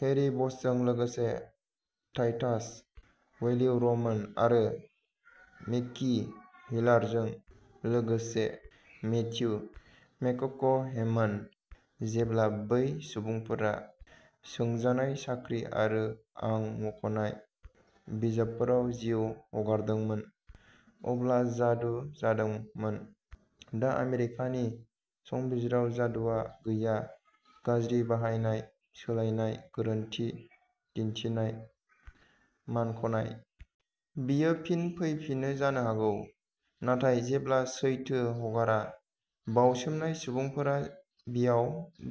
Harry बशजों लोगोसे टाइटास वेलिवरमोन आरो मिकी हेलारजों लोगोसे मैथ्यू मेककनहेमोन। जेब्ला बै सुबुंफोरा सोंजानाय साख्रि आरो आं मुंख'नाय बिजाबफोराव जिउ हगारदोंमोन, अब्ला जादु जादोंमोन। दा, आमेरिकानि संबिजिराव जादुआ गैया। गाज्रि बाहायनाय, सोलाइनाय, गोरोन्थि दिन्थिनाय, मानख'नाय। बेयो फिन फैफिनो जानो हागौ नाथाय जेब्ला सैथो, गोहोगोरा, बाउसोमनाय सुबुंफोरा बेयाव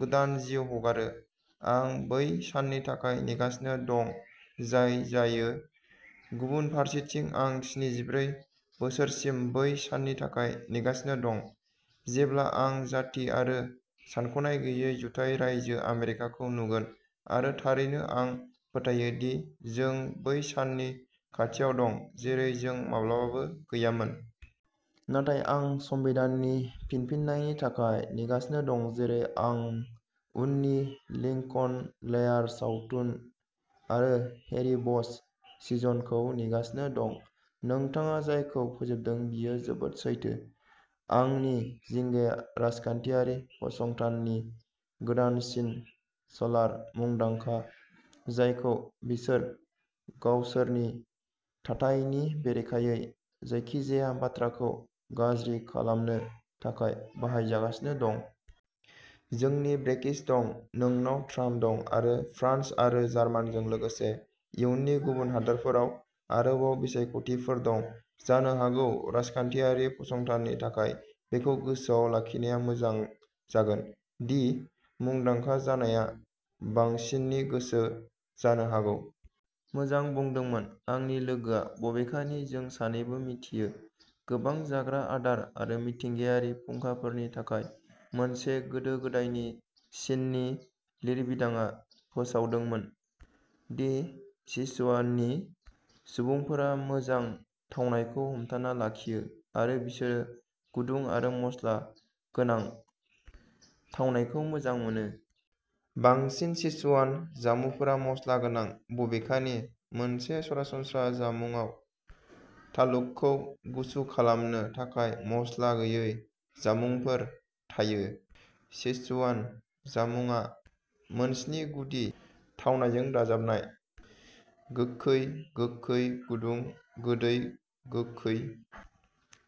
गोदान जिउ हगारो। आं बै साननि थाखाय नेगासिनो दं जाय जायो। गुबुन फारसेथिं, आं स्निजि-ब्रै बोसोरसिम बै साननि थाखाय नेगासिनो दं जेब्ला आं जाथि आरो सानख'नाय गैयै जुथाइ रायजो आमेरिकाखौ नुगोन आरो थारैनो, आं फोथायो दि जों बै साननि खाथियाव दं, जेरै जों माब्लाबाबो गैयामोन। नाथाय आं संबिधाननि फिनफिननायनि थाखाय नेगासिनो दं, जेरै आं उननि लिंकन लायार सावथुन आरो हैरी बश सिजन खौ नेगासिनो दं। नोंथांङा जायखौ फोजोबदों बेयो जोबोद सैथो। आंनि जिंगाया राजखान्थियारि फसंथाननि गोदानसिन स्लार, मुंदांखा, जायखौ बिसोर गावसोरनि थाथायनि बेरेखायै जायखिजाया बाथ्राखौ गाज्रि खालामनो थाखाय बाहायजागासिनो दं। जोंनि ब्रेक्सिट दं, नोंनाव ट्राम्प दं आरो फ्रान्स आरो जार्मानिजों लोगोसे इयुनि गुबुन हादोरफोराव आरोबाव बिसायख'थिफोर दं। जानो हागौ राजखान्थियारि फसंथाननि थाखाय बेखौ गोसोआव लाखिनाया मोजां जागोन दि मुंदांखा जानाया बांसिननि गोसो जानो हागौ। मोजां बुंदोंमोन आंनि लोगोआ, बबेखानि जों सानैबो मिथियो। गोबां जाग्रा आदार आरो मिथिंगायारि फुंखाफोरनि थाखाय। मोनसे गोदो गोदायनि चिननि लिरबिदांआ फोसावदोंमोन दि "सिचुआननि सुबुंफोरा मोजां थावनायखौ हमथाना लाखियो, आरो बिसोर गुदुं आरो मस्ला गोनां थावनायखौ मोजां मोनो। " बांसिन सेचुआन जामुंफोरा मस्ला गोनां, बबेखानि मोनसे सरासनस्रा जामुंआव थालुखौ गुसु खालामनो थाखाय मस्ला गैयै जामुंफोर थायो। सेचुआन जामुंआ मोनस्नि गुदि थावनायजों दाजानायः गोखै, गोखै, गुदुं, गोदै, गोखै,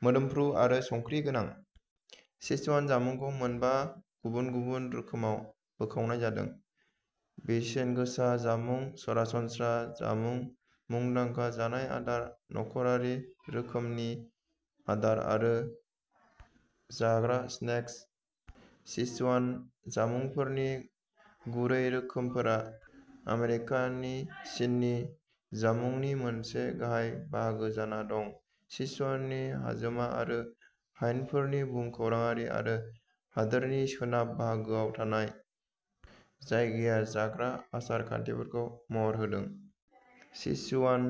मोदोमफ्रु आरो संख्रि गोनां। सेचुआन जामुंखौ मोनबा गुबुन-गुबुन रोखोमाव बोखावनाय जादोंः बेसेनगोसा जामुं, सरासनस्रा जामुं, मुंदांखा जानाय आदार, नखरारि रोखोमनि आदार, आरो जाग्रा स्नेक्स। सिचुआन जामुंफोरनि गुरै रोखोमफोरा आमेरिकानि चिननि जामुंनि मोनसे गाहाय बाहागो जाना दं। सिचुआननि हाजोमा आरो हायेनफोरनि भुमखौराङारि आरो हादोरनि सोनाब बाहागोआव थानाय जायगाया जाग्रा आसार-खान्थिफोरखौ महर होदों। सिचुआन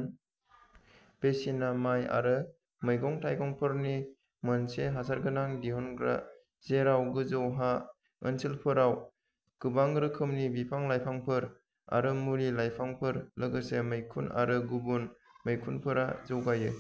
बेसिनआ माय आरो मैगं-थाइगंफोरनि मोनसे हासारगोनां दिहुनग्रा, जेराव गोजौ हा ओनसोलफोराव गोबां रोखोमनि बिफां-लाइफांफोर आरो मुलि-लाइफांफोर, लोगोसे मैखुन आरो गुबुन मैखुनफोरा जौगायो।